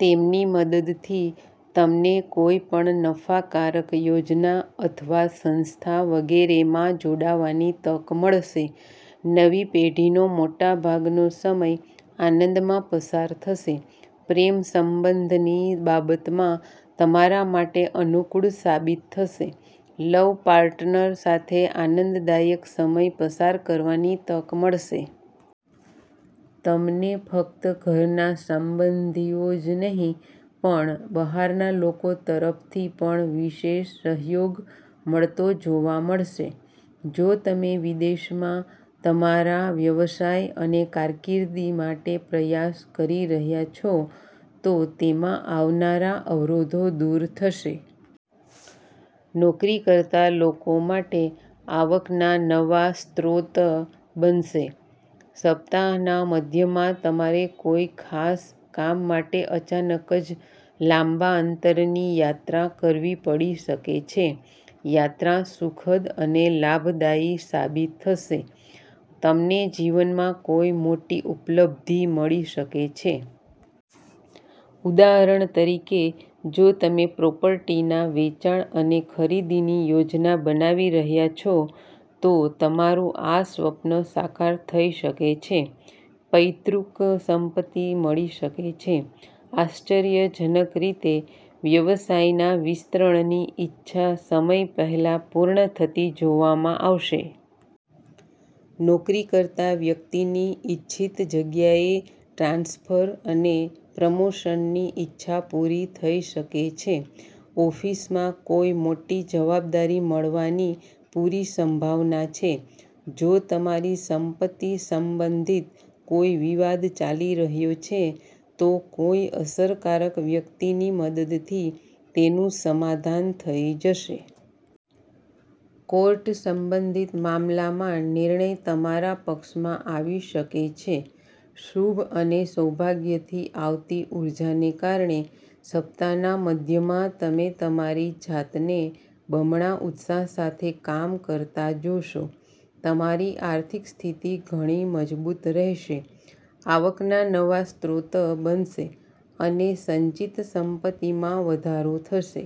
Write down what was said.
તેમની મદદથી, તમને કોઈપણ નફાકારક યોજના અથવા સંસ્થા વગેરેમાં જોડાવાની તક મળશે. નવી પેઢીનો મોટાભાગનો સમય આનંદમાં પસાર થશે. પ્રેમ સંબંધની બાબતમાં તમારા માટે અનુકૂળ સાબિત થશે. લવ પાર્ટનર સાથે આનંદદાયક સમય પસાર કરવાની તક મળશે. તમને ફક્ત ઘરના સંબંધીઓ જ નહીં પણ બહારના લોકો તરફથી પણ વિશેષ સહયોગ મળતો જોવા મળશે. જો તમે વિદેશમાં તમારા વ્યવસાય અને કારકિર્દી માટે પ્રયાસ કરી રહ્યા છો, તો તેમાં આવનારા અવરોધો દૂર થશે. નોકરી કરતા લોકો માટે આવકના નવા સ્ત્રોત બનશે. સપ્તાહના મધ્યમાં તમારે કોઈ ખાસ કામ માટે અચાનક જ લાંબા અંતરની યાત્રા કરવી પડી શકે છે. યાત્રા સુખદ અને લાભદાયી સાબિત થશે. તમને જીવનમાં કોઈ મોટી ઉપલબ્ધિ મળી શકે છે. ઉદાહરણ તરીકે, જો તમે પ્રોપર્ટીના વેચાણ અને ખરીદીની યોજના બનાવી રહ્યા છો, તો તમારું આ સ્વપ્ન સાકાર થઈ શકે છે. પૈતૃક સંપત્તિ મળી શકે છે. આશ્ચર્યજનક રીતે, વ્યવસાયના વિસ્તરણની ઇચ્છા સમય પહેલા પૂર્ણ થતી જોવામાં આવશે. નોકરી કરતા વ્યક્તિની ઈચ્છિત જગ્યાએ ટ્રાન્સફર અને પ્રમોશનની ઈચ્છા પૂરી થઈ શકે છે. ઓફિસમાં કોઈ મોટી જવાબદારી મળવાની પૂરી સંભાવના છે. જો તમારી સંપત્તિ સંબંધિત કોઈ વિવાદ ચાલી રહ્યો છે, તો કોઈ અસરકારક વ્યક્તિની મદદથી, તેનું સમાધાન થઈ જશે. કોર્ટ સંબંધિત મામલામાં નિર્ણય તમારા પક્ષમાં આવી શકે છે. શુભ અને સૌભાગ્યથી આવતી ઉર્જાને કારણે સપ્તાહના મધ્યમાં તમે તમારી જાતને બમણા ઉત્સાહ સાથે કામ કરતા જોશો. તમારી આર્થિક સ્થિતિ ઘણી મજબૂત રહેશે. આવકના નવા સ્ત્રોત બનશે અને સંચિત સંપત્તિમાં વધારો થશે.